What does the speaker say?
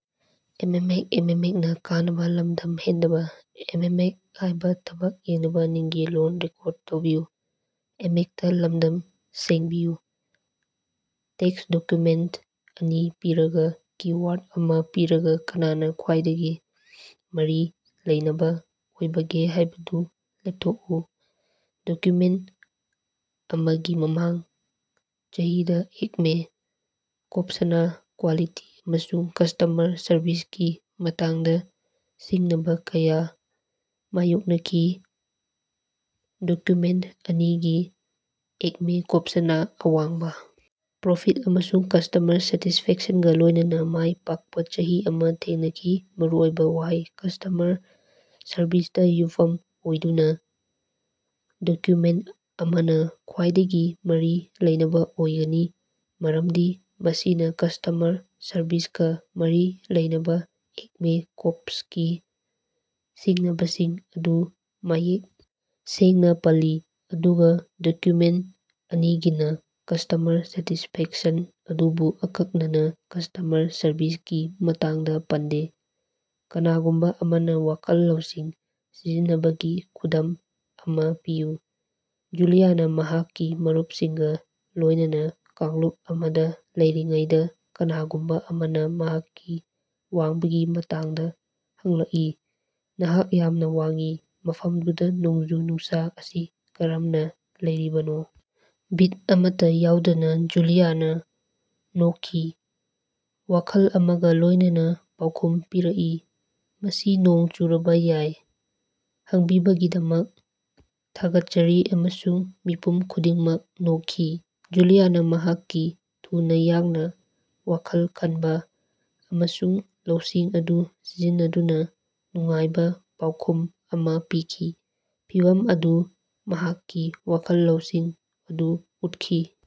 Tax document ꯑꯅꯤ ꯄꯤꯔꯒꯥ, keyword ꯑꯃꯥ ꯄꯤꯔꯒꯥ ꯀꯅꯥꯅꯥ ꯈ꯭ꯋꯥꯏꯗꯒꯤ ꯃꯔꯤ ꯂꯩꯅꯕꯥ ꯑꯣꯏꯕꯒꯦ ꯍꯥꯏꯕꯗꯨ ꯂꯦꯞꯊꯣꯛꯎ꯫ ꯗꯣꯀꯨꯃꯦꯟꯇ ꯑꯃꯒꯤ ꯃꯃꯥꯡ ꯆꯍꯤꯗꯥ ꯑꯦꯛꯃꯦ ꯀꯣꯞꯁꯅꯥ ꯀ꯭ꯋꯥꯂꯤꯇꯤ ꯑꯃꯁꯨꯡ ꯀꯁ꯭ꯇꯃꯔ ꯁꯔꯕꯤꯁꯀꯤ ꯃꯇꯥꯡꯗꯥ ꯁꯤꯡꯅꯕꯥ ꯀꯌꯥ ꯃꯥꯌꯣꯛꯅꯈꯤ ꯗꯣꯀꯨꯃꯦꯟꯇ ꯑꯅꯤꯒꯤ ꯑꯦꯛꯃꯦ ꯀꯣꯞꯁꯅꯥ ꯑꯋꯥꯡꯕꯥ ꯄ꯭ꯔꯣꯐꯤꯠ ꯑꯃꯁꯨꯡ ꯀꯁ꯭ꯇꯃꯔ ꯁꯦꯇꯤꯁꯐꯦꯛꯁꯟꯒꯥ ꯂꯣꯏꯅꯅꯥ ꯃꯥꯏ ꯄꯥꯛꯄꯥ ꯆꯍꯤ ꯑꯃꯥ ꯊꯦꯡꯅꯈꯤ ꯃꯔꯨꯑꯣꯏꯕꯥ ꯋꯥꯍꯩ: ꯀꯁ꯭ꯇꯃꯔ ꯁꯔꯕꯤꯁꯗꯥ ꯌꯨꯝꯐꯝ ꯑꯣꯏꯗꯨꯅꯥ, ꯗꯣꯀ꯭ꯌꯨꯃꯦꯟꯇ ꯑꯃꯥꯅꯥ ꯈ꯭ꯋꯥꯏꯗꯒꯤ ꯃꯔꯤ ꯂꯩꯅꯕꯥ ꯑꯣꯏꯒꯅꯤ, ꯃꯔꯝꯗꯤ ꯃꯁꯤꯅꯥ ꯀꯁ꯭ꯇꯃꯔ ꯁꯔꯚꯤꯁꯀꯥ ꯃꯔꯤ ꯂꯩꯅꯕꯥ ꯑꯦꯛꯃꯦ ꯀꯣꯞꯁꯀꯤ ꯁꯤꯡꯅꯕꯁꯤꯡ ꯑꯗꯨ ꯃꯌꯦꯛ ꯁꯦꯡꯅꯥ ꯄꯜꯂꯤ, ꯑꯗꯨꯒꯥ ꯗꯣꯀ꯭ꯌꯨꯃꯦꯟꯇ ꯑꯅꯤꯒꯤꯅꯥ ꯀꯁ꯭ꯇꯃꯔ ꯁꯦꯇꯤꯁꯐꯦꯛꯁꯟ ꯑꯗꯨꯕꯨ ꯑꯀꯛꯅꯅꯥ ꯀꯁ꯭ꯇꯃꯔ ꯁꯔꯚꯤꯁꯀꯤ ꯃꯇꯥꯡꯗꯥ ꯄꯟꯗꯦ꯫ ꯀꯅꯥꯒꯨꯝꯕꯥ ꯑꯃꯅꯥ ꯋꯥꯈꯜ ꯂꯧꯁꯤꯡ ꯁꯤꯖꯤꯟꯅꯕꯒꯤ ꯈꯨꯗꯝ ꯑꯃꯥ ꯄꯤꯌꯨ꯫ ꯖꯨꯂꯤꯌꯥꯅꯥ ꯃꯍꯥꯛꯀꯤ ꯃꯔꯨꯞꯁꯤꯡꯒꯥ ꯂꯣꯏꯅꯅꯥ ꯀꯥꯡꯂꯨꯞ ꯑꯃꯗꯥ ꯂꯩꯔꯤꯉꯩꯗꯥ ꯀꯅꯥꯒꯨꯝꯕꯥ ꯑꯃꯅꯥ ꯃꯍꯥꯛꯀꯤ ꯋꯥꯡꯕꯒꯤ ꯃꯇꯥꯡꯗꯥ ꯍꯪꯂꯛꯏ, ꯅꯍꯥꯛ ꯌꯥꯝꯅꯥ ꯋꯥꯡꯏ, ꯃꯐꯝꯗꯨꯗꯥ ꯅꯣꯡꯖꯨ-ꯅꯨꯡꯁꯥ ꯑꯁꯤ ꯀꯔꯝꯅꯥ ꯂꯩꯔꯤꯕꯅꯣ? ꯕꯤꯠ ꯑꯃꯠꯇꯥ ꯌꯥꯎꯗꯅꯥ ꯖꯨꯂꯤꯌꯥꯅꯥ ꯅꯣꯛꯈꯤ, ꯋꯥꯈꯜ ꯑꯃꯒꯥ ꯂꯣꯏꯅꯅꯥ ꯄꯥꯎꯈꯨꯝ ꯄꯤꯔꯛꯏ, ꯃꯁꯤ ꯅꯣꯡ ꯆꯨꯔꯕꯥ ꯌꯥꯏ, ꯍꯪꯕꯤꯕꯒꯤꯗꯃꯛ ꯊꯥꯒꯠꯆꯔꯤ ꯑꯃꯁꯨꯡ ꯃꯤꯄꯨꯝ ꯈꯨꯗꯤꯡꯃꯛ ꯅꯣꯛꯈꯤ꯫ ꯖꯨꯂꯤꯌꯥꯅꯥ ꯃꯍꯥꯛꯀꯤ ꯊꯨꯅꯥ ꯌꯥꯡꯅꯥ ꯋꯥꯈꯜ ꯈꯟꯕꯥ ꯑꯃꯁꯨꯡ ꯂꯧꯁꯤꯡ ꯑꯗꯨ ꯁꯤꯖꯤꯟꯅꯗꯨꯅꯥ ꯅꯨꯡꯉꯥꯏꯕꯥ ꯄꯥꯎꯈꯨꯝ ꯑꯃꯥ ꯄꯤꯈꯤ, ꯐꯤꯚꯝ ꯑꯗꯨꯗꯥ ꯃꯍꯥꯛꯀꯤ ꯋꯥꯈꯜ ꯂꯧꯁꯤꯡ ꯑꯗꯨ ꯎꯠꯈꯤ꯫